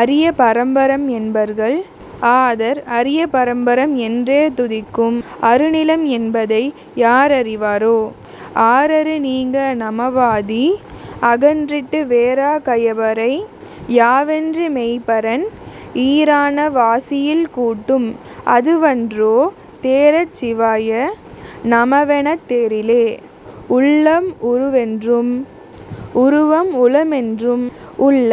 அரிய பரம்பரம் என்பர்கள் ஆதர் அரிய பரம்பரம் என்றே துதிக்கும் அருநிலம் என்பதை யார்அறி வரோ. ஆறாறு நீங்க நமவாதி அகன்றிட்டு வேறா கயபரை யாவென்று மெய்ப்பரன் ஈறான வாசியில் கூட்டும் அதுவன்றோ தேறாச் சிவாய நமவெனத் தேறிலே. உள்ளம் உருவென்றும் உருவம் உளமென்றும் உள்ள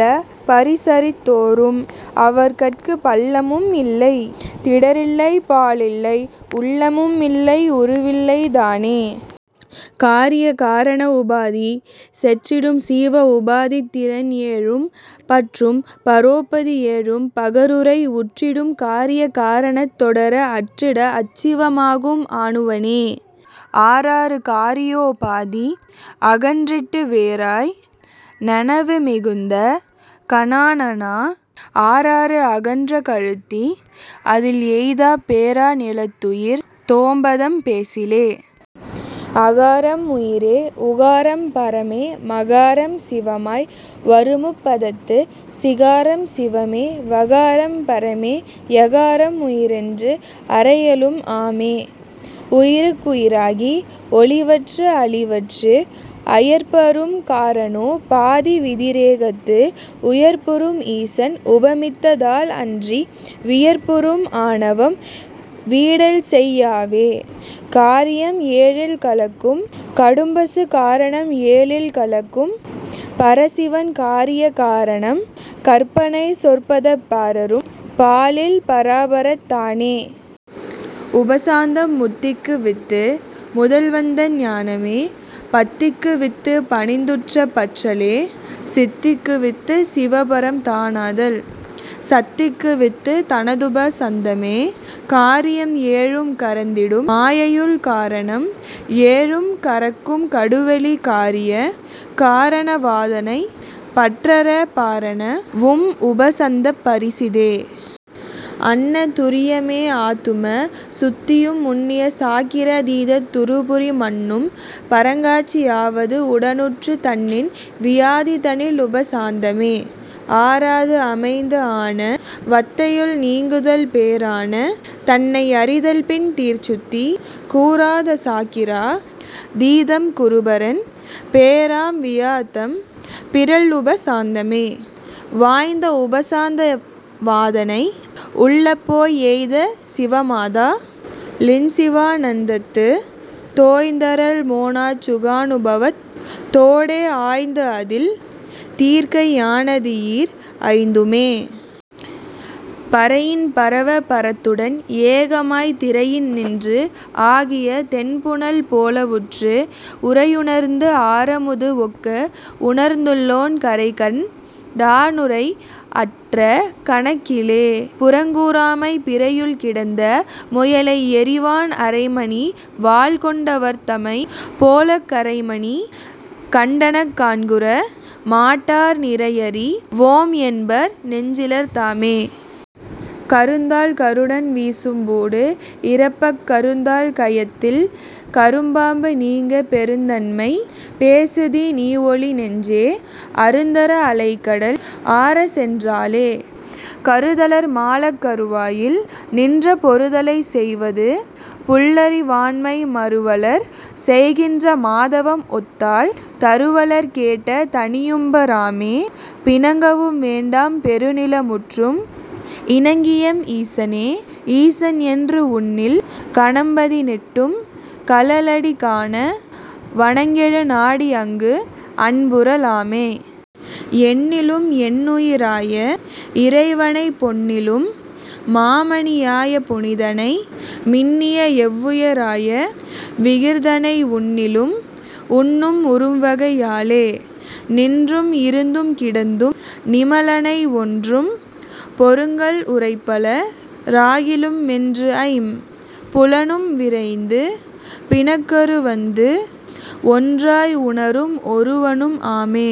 பரிசறித் தோரும் அவர்கட்குப் பள்ளமும் இல்லைத் திடர்இல்லை பாழ்இல்லை உள்ளமும் இல்லை உருவில்லை தானே.. காரிய காரண உபாதி செற்றிடும் சீவ உபாதித் திறன்ஏழும் பற்றும் பரோபதி ஏழும் பகருரை உற்றிடும் காரிய காரணத் தோடற அற்றிட அச்சிவ மாகும் அணுவனே. ஆறாறு காரியோ பாதி அகன்றிட்டு வேறாய் நனவு மிகுந்த கனாநனா ஆறாறு அகன்ற கழுத்தி அதில் எய்தாப் பேறா நிலத்துயிர் தொம்பதம் பேசிலே. அகாரம் உயிரே உகாரம் பரமே மகாரம் சிவமாய் வருமுப் பதத்துச் சிகாரம் சிவமே வகாரம் பரமே யகாரம் உயிரென்று அறையலும் ஆமே. உயிர்க்குயி ராகி ஒழிவற்று அழிவற்று அயிர்ப்புஅறும் காரணோ பாதி விதிரேகத்து உயிர்ப்புறும் ஈசன் உபமித்த தால்அன்றி வியர்ப்புறும் ஆணவம் வீடல்செய் யாவே. காரியம் ஏழில் கலக்கும் கடும்பசு காரணம் ஏழில் கலக்கும் பரசிவன் காரிய காரணம் கற்பனை சொற்பதப் பாரறும் பாழில் பராபரத் தானே.. உபசாந்தம் முத்திக்கு வித்து முதல்வன்தன் ஞானமே பத்திக்கு வித்துப் பணிந்துற்றப் பற்றலே சித்திக்கு வித்துச் சிவபரம் தானாதல் சத்திக்கு வித்துத் தனதுப சந்தமே. காரியம் ஏழும் கரந்திடும் மாயையுள் காரணம் ஏழும் கரக்கும் கடுவெளி காரிய காரண வாதனைப் பற்றறப் பாரண வும் உப சந்தப் பரிசிதே. அன்ன துரியமே ஆத்தும சுத்தியும் முன்னிய சாக்கிரா தீதத் துறுபுரி மன்னும் பரங்காட்சி யாவது உடனுற்றுத் தன்னின் வியாத்தி தனில்உப சாந்தமே. ஆறாதுஅமைந்துஆண வத்தையுள் நீக்குதல் பேறான தன்னை அறிதல் பின் தீர்சுத்தி கூறாத சாக்கிரா தீதம் குருபரன் பேறாம் வியாத்தம் பிறழ்உப சாந்தமே. வாய்ந்த உபசாந்த வாதனை உள்ளப் போய் ஏய்ந்த சிவமாத லின்சிவா னந்தத்துத் தோய்ந்தறல் மோனச் சுகானுபவத் தோடே ஆய்ந்துஅதில் தீர்க்கை யானதுஈர் ஐந்துமே. பரையின் பரவ பரத்துடன் ஏகமாய்த் திரையின்நின்று ஆகிய தெண்புனல் போலவுற்று உரையுணர்ந்து ஆரமுது ஒக்க உணர்ந்துளோன் கரைகண் டானுரை அற்ற கணக்கிலே.. புறங்கூறாமை பிறையுள் கிடந்த முயலை எறிவான் அறைமணி வாள்கொண் டவர்தமைப் போலக் கறைமணி கண்டனக் காண்குற மாட்டார் நிறையறி வோம்என்பர் நெஞ்சிலர் தாமே. கருந்தாள் கருடன் விசும்பூடு இறப்பக் கருந்தாள் கயத்தில் கரும்பாம்பு நீங்க பெருந்தன்மை பேசுதி நீஒழி நெஞ்சே அருந்தர அலைகடல் ஆறசென் றாலே. கருதலர் மாளக் கருவாயில் நின்ற பொருதலைச் செய்வது புல்லறி வாண்மை மருவலர் செய்கின்ற மாதவம் ஒத்தால் தருவலர் கேட்ட தனியும்ப ராமே. பிணங்கவும் வேண்டாம் பெருநில முற்றும் இணங்கிஎம் ஈசனே ஈசன்என்று உன்னில் கணம்பதி னெட்டும் கழலடி காண வணங்கெழு நாடி அங்கு அன்புற லாமே. என்னிலும் என்னுயி ராய இறைவனைப் பொன்னிலும் மாமணி யாய புனிதனை மின்னிய எவ்வுய ராய விகிர் தனை உன்னிலும் உன்னும் உறும்வகை யாலே. நின்றும் இருந்தும் கிடந்தும் நிமலனை ஒன்றும் பொருள்கள் உரைப்பல ராகிலும் வென்றுஐம் புலனும் விரைந்து பிணக்கறுவந்து ஒன்றாய் உணரும் ஒருவனும் ஆமே.